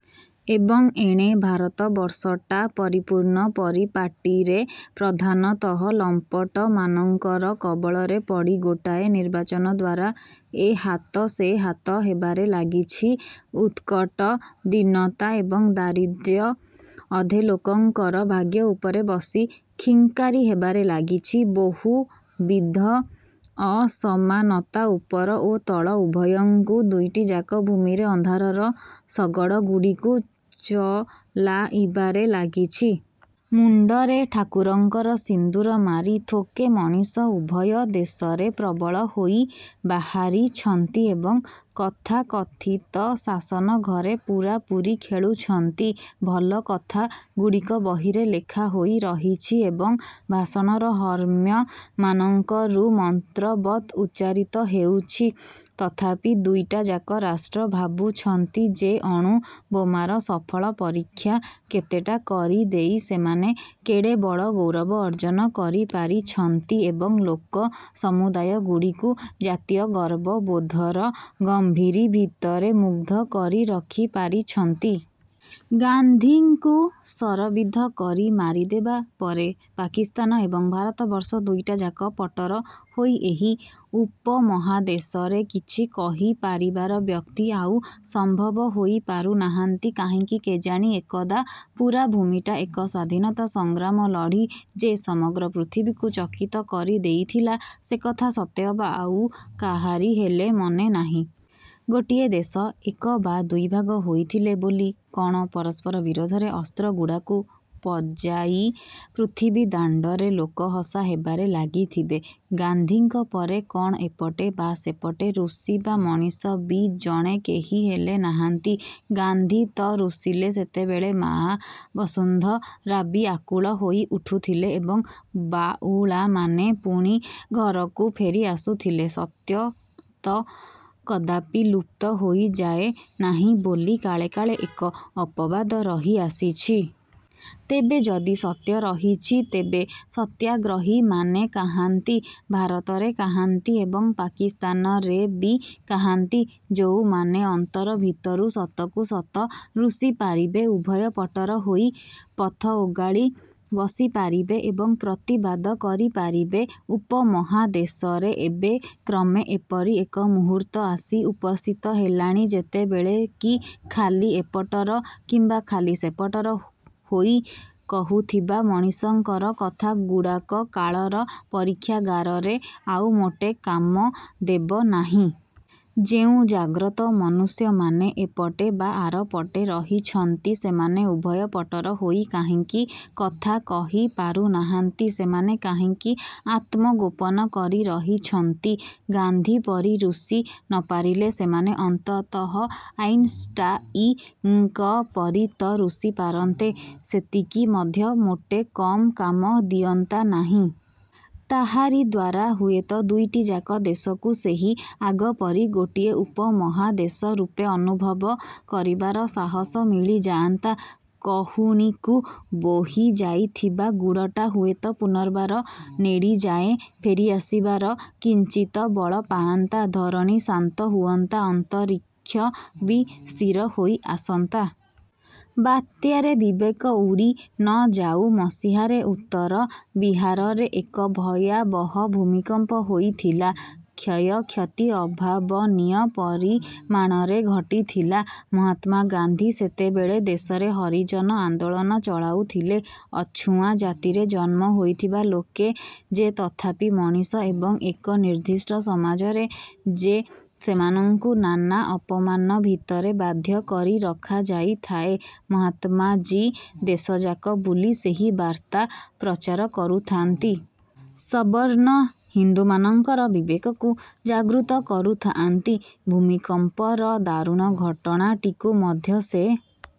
ଏବଂ ଏଣେ ଭାରତବର୍ଷଟା ପରିପୂର୍ଣ୍ଣ ପରିପାଟୀରେ ପ୍ରଧାନତଃ ଲମ୍ପଟ ମାନଙ୍କର କବଳରେ ପଡ଼ି ଗୋଟାଏ ନିର୍ବାଚନ ଦ୍ଵାରା ଏ ହାତ ସେ ହାତ ହେବାରେ ଲାଗିଛି। ଉତ୍କଟ ଦୀନତା ଏବଂ ଦାରିଦ୍ର୍ୟ ଅଧେ ଲୋକଙ୍କର ଭାଗ୍ୟ ଉପରେ ବସି ଖିଙ୍କାରି ହେବାରେ ଲାଗିଛି। ବହୁବିଧ ଅସମାନତା ଉପର ଓ ତଳ ଉଭୟଙ୍କୁ ଦୁଇଟିଯାକ ଭୂମିରେ ଅନ୍ଧାରର ଶଗଡ଼ଗୁଡ଼ିକୁ ଚଲାଇବାରେ ଲାଗିଛି। ମୁଣ୍ଡରେ ଠାକୁରଙ୍କର ସିନ୍ଦୁର ମାରି ଥୋକେ ମଣିଷ ଉଭୟ ଦେଶରେ ପ୍ରବଳ ହୋଇ ବାହାରିଛନ୍ତି ଏବଂ ତଥାକଥିତ ଶାସନଘରେ ପୂରାପୂରି ଖେଳୁଛନ୍ତି। ଭଲ କଥାଗୁଡ଼ିକ ବହିରେ ଲେଖାହୋଇ ରହିଛି ଏବଂ ଭାଷଣର ହର୍ମ୍ୟମାନଙ୍କରୁ ମନ୍ତ୍ରବତ୍ ଉଚ୍ଚାରିତ ହେଉଛି। ତଥାପି ଦୁଇଟାଯାକ ରାଷ୍ଟ୍ର ଭାବୁଛନ୍ତି ଯେ ଅଣୁ ବୋମାର ସଫଳ ପରୀକ୍ଷା କେତେଟା କରିଦେଇ ସେମାନେ କେଡ଼େ ବଡ଼ ଗୌରବ ଅର୍ଜନ କରିପାରିଛନ୍ତି ଏବଂ ଲୋକସମୁଦାୟ ଗୁଡ଼ିକୁ ଜାତୀୟ ଗର୍ବବୋଧର ଗମ୍ଭୀରି ଭିତରେ ମୁଗ୍ଧ କରି ରଖିପାରିଛନ୍ତି। ଗାନ୍ଧୀଙ୍କୁ ଶରବିଦ୍ଧ କରି ମାରିଦେବା ପରେ ପାକିସ୍ତାନ ଏବଂ ଭାରତବର୍ଷ ଦୁଇଟିଯାକ ପଟର ହୋଇ ଏହି ଉପମହାଦେଶରେ କିଛି କହିପାରିବାର ବ୍ୟକ୍ତି ଆଉ ସମ୍ଭବ ହୋଇ ପାରୁନାହାନ୍ତି କାହିଁକି କେଜାଣି? ଏକଦା ପୂରା ଭୂମିଟା ଏକ ସ୍ୱାଧୀନତା ସଂଗ୍ରାମ ଲଢ଼ି ଯେ ସମଗ୍ର ପୃଥିବୀକୁ ଚକିତ କରିଦେଇଥିଲା, ସେକଥା ସତେଅବା ଆଉ କାହାରି ହେଲେ ମନେନାହିଁ। ଗୋଟିଏ ଦେଶ ଏକ ବା ଦୁଇ ଭାଗ ହୋଇଥିଲେ ବୋଲି କଣ ପରସ୍ପର ବିରୋଧରେ ଅସ୍ତ୍ରଗୁଡ଼ାକୁ ପଜାଇ ପୃଥିବୀଦାଣ୍ଡରେ ଲୋକହସା ହେବାରେ ଲାଗିଥିବେ? ଗାନ୍ଧୀଙ୍କ ପରେ କଣ ଏପଟେ ବା ସେପଟେ ରୁଷିବା ମଣିଷ ବି ଜଣେ କେହିହେଲେ ନାହାନ୍ତି? ଗାନ୍ଧୀ ତ ରୁଷିଲେ ସେତେବେଳେ ମାଆ ବସୁନ୍ଧରାବି ଆକୁଳ ହୋଇ ଉଠୁଥିଲେ ଏବଂ ବାଉଳାମାନେ ପୁଣି ଘରକୁ ଫେରି ଆସୁଥିଲେ, ସତ୍ୟ ତ କଦାପି ଲୁପ୍ତ ହୋଇଯାଏ ନାହିଁ ବୋଲି କାଳେ କାଳେ ଏକ ଅପବାଦ ରହିଆସିଛି। ତେବେ ଯଦି ସତ୍ୟ ରହିଛି, ତେବେ ସତ୍ୟାଗ୍ରହୀମାନେ କାହାନ୍ତି? ଭାରତରେ କାହାନ୍ତି ଏବଂ ପାକିସ୍ତାନରେ ବି କାହାନ୍ତି? ଯୋଉମାନେ ଅନ୍ତର ଭିତରୁ ସତକୁ ସତ ରୁଷିପାରିବେ, ଉଭୟ ପଟର ହୋଇ ପଥ ଓଗାଳି ବସିପାରିବେ ଏବଂ ପ୍ରତିବାଦ କରିପାରିବେ? ଉପମହାଦେଶରେ ଏବେ କ୍ରମେ ଏପରି ଏକ ମୁହୂର୍ତ୍ତ ଆସି ଉପସ୍ଥିତ ହେଲାଣି, ଯେତେବେଳେ କି ଖାଲି ଏପଟର କିମ୍ବା ଖାଲି ସେପଟର ହୋଇ କହୁଥିବା ମଣିଷଙ୍କର କଥାଗୁଡ଼ାକ କାଳର ପରୀକ୍ଷାଗାରରେ ଆଉ ମୋଟେ କାମ ଦେବନାହିଁ। ଯେଉଁ ଜାଗ୍ରତ ମନୁଷ୍ୟମାନେ ଏପଟେ ବା ଆରପଟେ ରହିଛନ୍ତି, ସେମାନେ ଉଭୟ ପଟର ହୋଇ କାହିଁକି କଥା କହିପାରୁ ନାହାନ୍ତି? ସେମାନେ କାହିଁକି ଆତ୍ମଗୋପନ କରି ରହିଛନ୍ତି? ଗାନ୍ଧୀପରି ରୁଷି ନପାରିଲେ ସେମାନେ ଅନ୍ତତଃ ଆଇନଷ୍ଟାଇଙ୍କ ପରି ତ ରୁଷି ପାରନ୍ତେ। ସେତିକି ମଧ୍ୟ ମୋଟେ କମ୍ କାମ ଦିଅନ୍ତା ନାହିଁ। ତାହାରି ଦ୍ୱାରା ହୁଏତ ଦୁଇଟିଯାକ ଦେଶକୁ ସେହି ଆଗପରି ଗୋଟିଏ ଉପମହାଦେଶ ରୂପେ ଅନୁଭବ କରିବାର ସାହସ ମିଳିଯାଆନ୍ତା। କହୁଣୀକୁ ବୋହିଯାଇଥିବା ଗୁଡ଼ଟା ହୁଏତ ପୁନର୍ବାର ନେଡ଼ିଯାଏ ଫେରି ଆସିବାର କିଞ୍ଚିତ ବଳ ପାଆନ୍ତା, ଧରଣୀ ଶାନ୍ତ ହୁଅନ୍ତା। ଅନ୍ତରୀକ୍ଷ ବି ସ୍ଥିର ହୋଇ ଆସନ୍ତା। ବାତ୍ୟାରେ ବିବେକ ଉଡ଼ିନଯାଉ ମସିହାରେ ଉତ୍ତର ବିହାରରେ ଏକ ଭୟାବହ ଭୂମିକମ୍ପ ହୋଇଥିଲା, କ୍ଷୟକ୍ଷତି ଅଭାବନୀୟ ପରିମାଣରେ ଘଟିଥିଲା। ମହାତ୍ମା ଗାନ୍ଧୀ ସେତେବେଳେ ଦେଶରେ ହରିଜନ ଆନ୍ଦୋଳନ ଚଳାଉଥିଲେ। ଅଛୁଆଁ ଜାତିରେ ଜନ୍ମ ହୋଇଥିବା ଲୋକେ ଯେ ତଥାପି ମଣିଷ ଏବଂ ଏକ ନିର୍ଦ୍ଦିଷ୍ଟ ସମାଜରେ ଯେ ସେମାନଙ୍କୁ ନାନା ଅପମାନ ଭିତରେ ବାଧ୍ୟ କରି ରଖାଯାଇଥାଏ, ମହାତ୍ମାଜୀ ଦେଶଯାକ ବୁଲି ସେହି ବାର୍ତ୍ତା ପ୍ରଚାର କରୁଥାନ୍ତି। ସବର୍ଣ୍ଣ ହିନ୍ଦୁମାନଙ୍କର ବିବେକକୁ ଜାଗୃତ କରୁଥାଆନ୍ତି। ଭୂମିକମ୍ପର ଦାରୁଣ ଘଟଣାଟିକୁ ମଧ୍ୟ ସେ